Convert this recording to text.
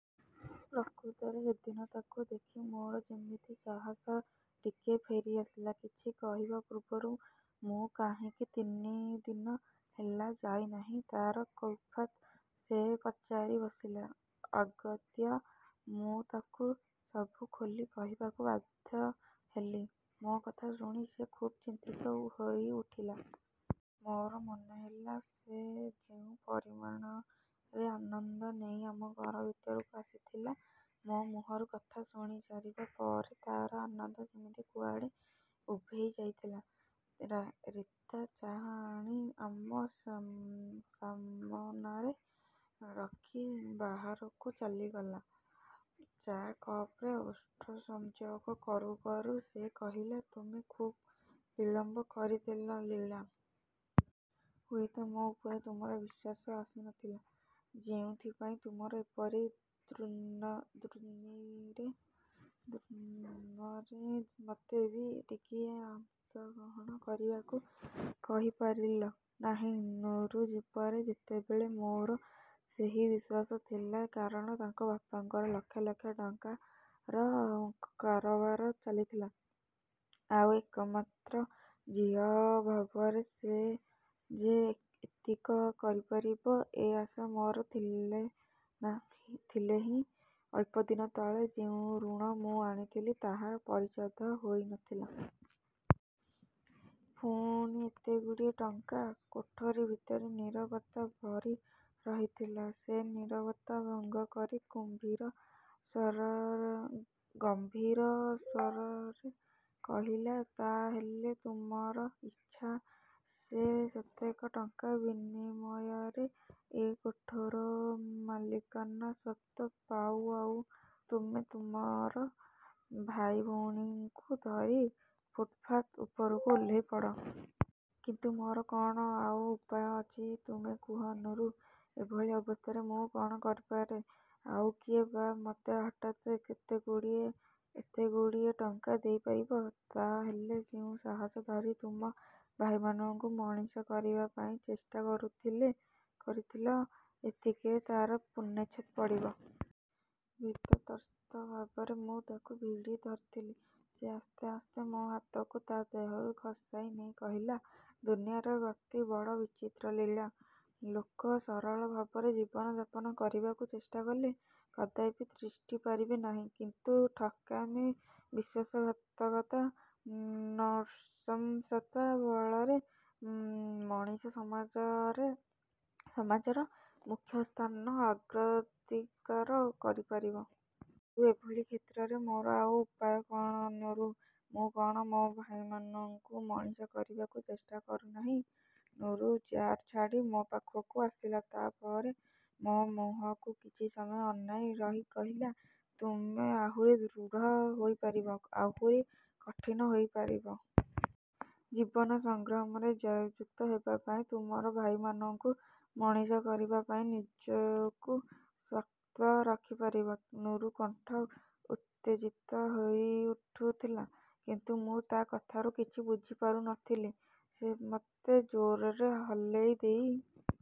ପ୍ରକୃତରେ ସେଦିନ ତାକୁ ଦେଖି ମୋର ଯେମିତି ସାହସ ଟିକିଏ ଫେରିଆସିଲା। କିଛି କହିବା ପୂର୍ବରୁ ମୁଁ କାହିଁକି ତିନି ଦିନ ହେଲା ଯାଇନାହିଁ, ତାର କୈଫିୟତ ସେ ପଚାରି ବସିଲା। ଅଗତ୍ୟା ମୁଁ ତାକୁ ସବୁ ଖୋଲି କହିବାକୁ ବାଧ୍ୟ ହେଲି। ମୋ କଥା ଶୁଣି ସେ ଖୁବ୍ ଚିନ୍ତିତ ହୋଇଉଠିଲା। ମୋର ମନେହେଲା, ସେ ଯେଉଁ ପରିମାଣରେ ଆନନ୍ଦ ନେଇ ଆମ ଘର ଭିତରକୁ ଆସିଥିଲା, ମୋ ମୁହଁରୁ କଥା ଶୁଣିସାରିବା ପରେ ତାର ଆନନ୍ଦ ଯେମିତି କୁଆଡ଼େ ଉଭେଇ ଯାଇଥିଲା। ରୀତା ଚା' ଆଣି ଆମ ସାମନାରେ ରଖି ବାହାରକୁ ଚାଲିଗଲା। ଚା' କପରେ ଓଷ୍ଠ ସଂଯୋଗ କରୁ କରୁ ସେ କହିଲା, ତମେ ଖୁବ୍ ବିଳମ୍ବ କରିଦେଲ, ଲୀଳା। ହୁଏତ ମୋ ଉପରେ ତୁମର ବିଶ୍ୱାସ ଆସିନଥିଲା। ଯେଉଁଥିପାଇଁ ତୁମର ଏପରି ଦୁର୍ଦ୍ଦିନରେ ମୋତେ ବି ଟିକିଏ ଅଂଶଗ୍ରହଣ କରିବାକୁ କହିପାରିଲ ନାହିଁ। ନୁରୁ ଉପରେ ସେତେବେଳେ ମୋର ସେହି ବିଶ୍ୱାସ ଥିଲା। କାରଣ ତାଙ୍କ ବାପାଙ୍କର ଲକ୍ଷ ଲକ୍ଷ ଟଙ୍କାର କାରବାର ଚାଲିଥିଲା, ଆଉ ଏକମାତ୍ର ଝିଅ ଭାବରେ ସେ ଯେ ଏତକ କରିପାରିବ, ଏ ଆଶା ମୋର ଥିଲେ ହେଁ ଅଳ୍ପଦିନ ତଳେ ଯେଉଁ ଋଣ ମୁଁ ଆଣିଥିଲି, ତାହା ପରିଶୋଧ ହୋଇନଥିଲା। ପୁଣି ଏତେଗୁଡ଼ାଏ ଟଙ୍କା... କୋଠରି ଭିତରେ ନୀରବତା ଭରି ରହିଥିଲା। ସେ ନୀରବତା ଭଙ୍ଗ କରି ଗମ୍ଭୀର ସ୍ଵର ଗମ୍ଭୀର ସ୍ୱରରେ କହିଲା, ତା ହେଲେ ତୁମର ଇଚ୍ଛା, ସେ ସେତକ ଟଙ୍କା ବିନିମୟରେ ଏ କୋଠର ମାଲିକାନା ସତ୍ୱ ପାଉ, ଆଉ ତୁମେ ତୁମର ଭାଇ ଭଉଣୀମାନଙ୍କୁ ଧରି ଫୁଟପାଥ୍ ଉପରକୁ ଓହ୍ଲେଇପଡ଼? କିନ୍ତୁ ମୋର କଣ ଆଉ ଉପାୟ ଅଛି ତୁମେ କୁହ ନୁରୁ! ଏଭଳି ଅବସ୍ଥାରେ ମୁଁ କଣ କରିପାରେ? ଆଉ କିଏ ବା ମୋତେ ହଠାତ୍ ଏତେଗୁଡିଏ ଏତେଗୁଡିଏ ଟଙ୍କା ଦେଇପାରିବ? ତା ହେଲେ ଯେଉଁ ସାହସ ଧରି ତୁମ ଭାଇମାନଙ୍କୁ ମଣିଷ କରିବା ପାଇଁ ଚେଷ୍ଟା କରୁଥିଲେ କରୁଥିଲ ଏତିକିରେ ତାର ପୂର୍ଣ୍ଣଚ୍ଛେଦ ପଡ଼ିବ? ଭୀତତ୍ରସ୍ତ ଭାବରେ ମୁଁ ତାକୁ ଭିଡ଼ିଧରିଥିଲି। ସେ ଆସ୍ତେ ଆସ୍ତେ ମୋ ହାତକୁ ତା ଦେହରୁ ଖସାଇ ନେଇ କହିଲା, ଦୁନିଆର ଗତି ବଡ଼ ବିଚିତ୍ର, ଲୀଳା। ଲୋକେ ସରଳ ଭାବରେ ଜୀବନ ଯାପନ କରିବାକୁ ଚେଷ୍ଟା କଲେ, କଦାପି ତିଷ୍ଠି ପାରିବେ ନାହିଁ। କିନ୍ତୁ ଠକାମୀ, ବିଶ୍ୱାସଘାତକତା, ନ ର୍ଷଙ୍ଗତା ବଳରେ ମଣିଷ ସମାଜର ମୁଖ୍ୟସ୍ଥାନ ଅଗ୍ରାଧିକାର କରିପାରିବ। କିନ୍ତୁ ଏଭଳି କ୍ଷେତ୍ରରେ ମୋର ଆଉ ଉପାୟ କଣ, ନୁରୁ? ମୁଁ କଣ ମୋ ଭାଇମାନଙ୍କୁ ମଣିଷ କରିବାକୁ ଚେଷ୍ଟା କରିନାହିଁ? ନୁରୁ ଚେୟାର ଛାଡ଼ି ମୋ ପାଖକୁ ଆସିଲା। ତା ପରେ ମୋ ମୁହଁକୁ କିଛି ସମୟ ଅନାଇ ରହି କହିଲା, ତୁମେ ଆହୁରି ଦୃଢ଼ ହୋଇପାରିବ, ଆହୁରି କଠିନ ହୋଇପାରିବ? ଜୀବନ ସଂଗ୍ରାମରେ ଜୟଯୁକ୍ତ ହେବା ପାଇଁ, ତୁମର ଭାଇମାନଙ୍କୁ ମଣିଷ କରିବା ପାଇଁ ନିଜକୁ ଶକ୍ତ ରଖିପାରିବ? ନୁରୁର କଣ୍ଠ ଉତ୍ତେଜିତ ହୋଇଉଠୁଥିଲା। କିନ୍ତୁ ମୁଁ ତା କଥା କିଛି ବୁଝିପାରୁନଥିଲି। ସେ ମୋତେ ଜୋରରେ ହଲାଇ ଦେଇ